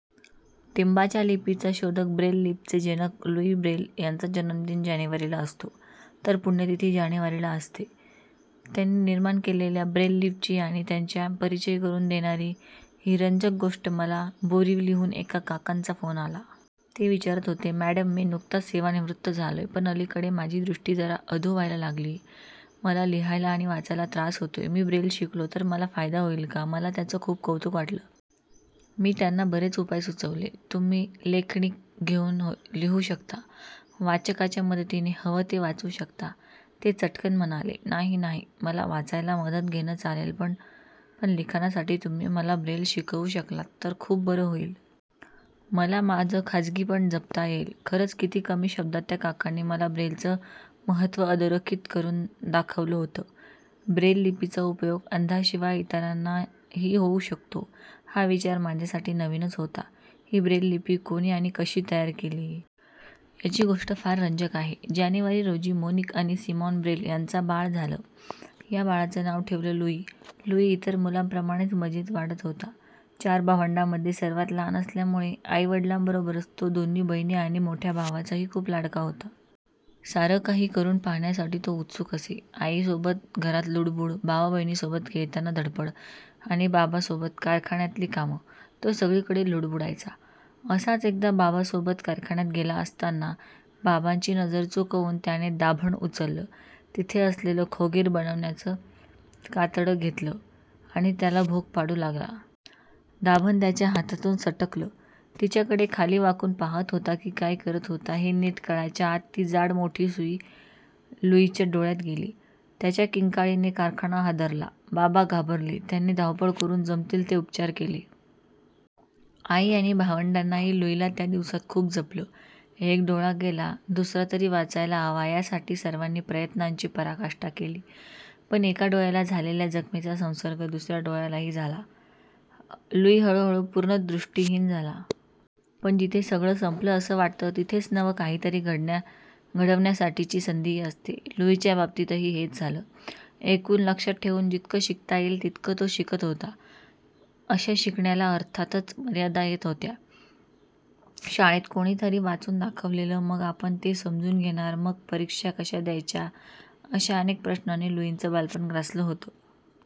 टिंबांच्या लिपीचा शोधक ब्रेल लिपीचे जनक लुई ब्रेल यांचा जन्मदिन जानेवारीला असतो, तर पुण्यतिथी जानेवारीला असते त्यांनी निर्माण केलेल्या ब्रेल लिपीची आणि त्यांचा परिचय करून देणारी ही रंजक गोष्ट- मला बोरिवलीहून एका काकांचा फोन आला. ते विचारत होते, "मॅडम, मी नुकताच सेवानिवृत्त झालोय. पण, अलीकडे माझी दृष्टी जरा अधू व्हायला लागलीये. मला लिहायला आणि वाचायला त्रास होतोय. मी ब्रेल शिकलो तर मला फायदा होईल का? " मला त्यांचं खूप कौतुक वाटलं. मी त्यांना बरेच उपाय सुचवले. तुम्ही लेखनिक घेऊन लिहू शकता, वाचकाच्या मदतीने हवं ते वाचू शकता... ते चटकन म्हणाले, "नाही नाही. मला वाचायला मदत घेणं चालेल पण, पण लिखाणासाठी तुम्ही मला ब्रेल शिकवू शकलात तर खूप बरं होईल. मला माझं खाजगीपण जपता येईल. " खरंच, किती कमी शब्दांत त्या काकांनी मला ब्रेलचं महत्त्व अधोरेखित करून दाखवलंहोतं! ब्रेललिपीचा उपयोग अंधांशिवाय इतरांनाही होऊ शकतो, हा विचार माझ्यासाठी नवीनच होता. ही ब्रेल लिपी कोणी आणि कशी तयार केली? याची गोष्ट फार रंजक आहे. जानेवारी रोजी मोनिक आणि सिमॉन ब्रेल यांना बाळ झालं. या बाळाचं नाव ठेवलं लुई. लुई इतर मुलांप्रमाणेच मजेत वाढत होता. चार भावंडांमध्ये सर्वांत लहान असल्यामुळे आई-वडिलांबरोबरच तो दोन्ही बहिणी आणि मोठ्या भावाचाही खूप लाडका होता. सारं काही करून पाहण्यासाठी तो उत्सुक असे. आईसोबत घरात लुडबूड, भावाबहिणींसोबत खेळताना धडपड आणि बाबासोबत कारखान्यातली कामं. तो सगळीकडे लुडबुडायचा. असाच एकदा बाबासोबत कारखान्यात गेला असताना बाबाची नजर चुकवून त्याने दाभण उचललं. तिथे असलेलं खोगिर बनवण्याचं कातडं घेतलं आणि त्याला भोक पाडू लागला. दाभण त्याच्या हातातून सटकलं. तिच्याकडे खाली वाकून पाहात होता की काय करत होता, हे नीट कळायच्या आत ती जाड, मोठी सुई लुईच्या डोळ्यात गेली. त्याच्या किंकाळीने कारखाना हादरला. बाबा घाबरला. त्याने धावपळ करून जमतील ते उपचार केले. आई आणि भावंडांनीही लुईला त्या दिवसांत खूप जपलं. 'एक डोळा गेला, दुसरा तरी वाचायला हवा' यासाठी सर्वांनी प्रयत्नांची पराकाष्ठा केली. पण, एका डोळ्याला झालेल्या जखमेचा संसर्ग दुसऱ्या डोळ्यालाही झाला. लुई हळूहळू पूर्णतः दृिष्टहीन झाला...... पण, जिथे सगळं संपलं असं वाटतं, तिथेच नवं काहीतरी घडवण्यासाठीची संधीही असते. लुईच्या बाबतीतही हेच झालं. ऐकून, लक्षातठेवून जितकं शिकता येईल तितकं तो शिकत होता. अशा शिकण्याला अर्थातच मर्यादा येत होत्या. शाळेत कोणीतरी वाचून दाखवेल, मग, आपण तेसमजून घेणार, मग, परीक्षा कशा द्यायच्या? अशा अनेक प्रश्नांनी लुईचं बालपण ग्रासलं होतं.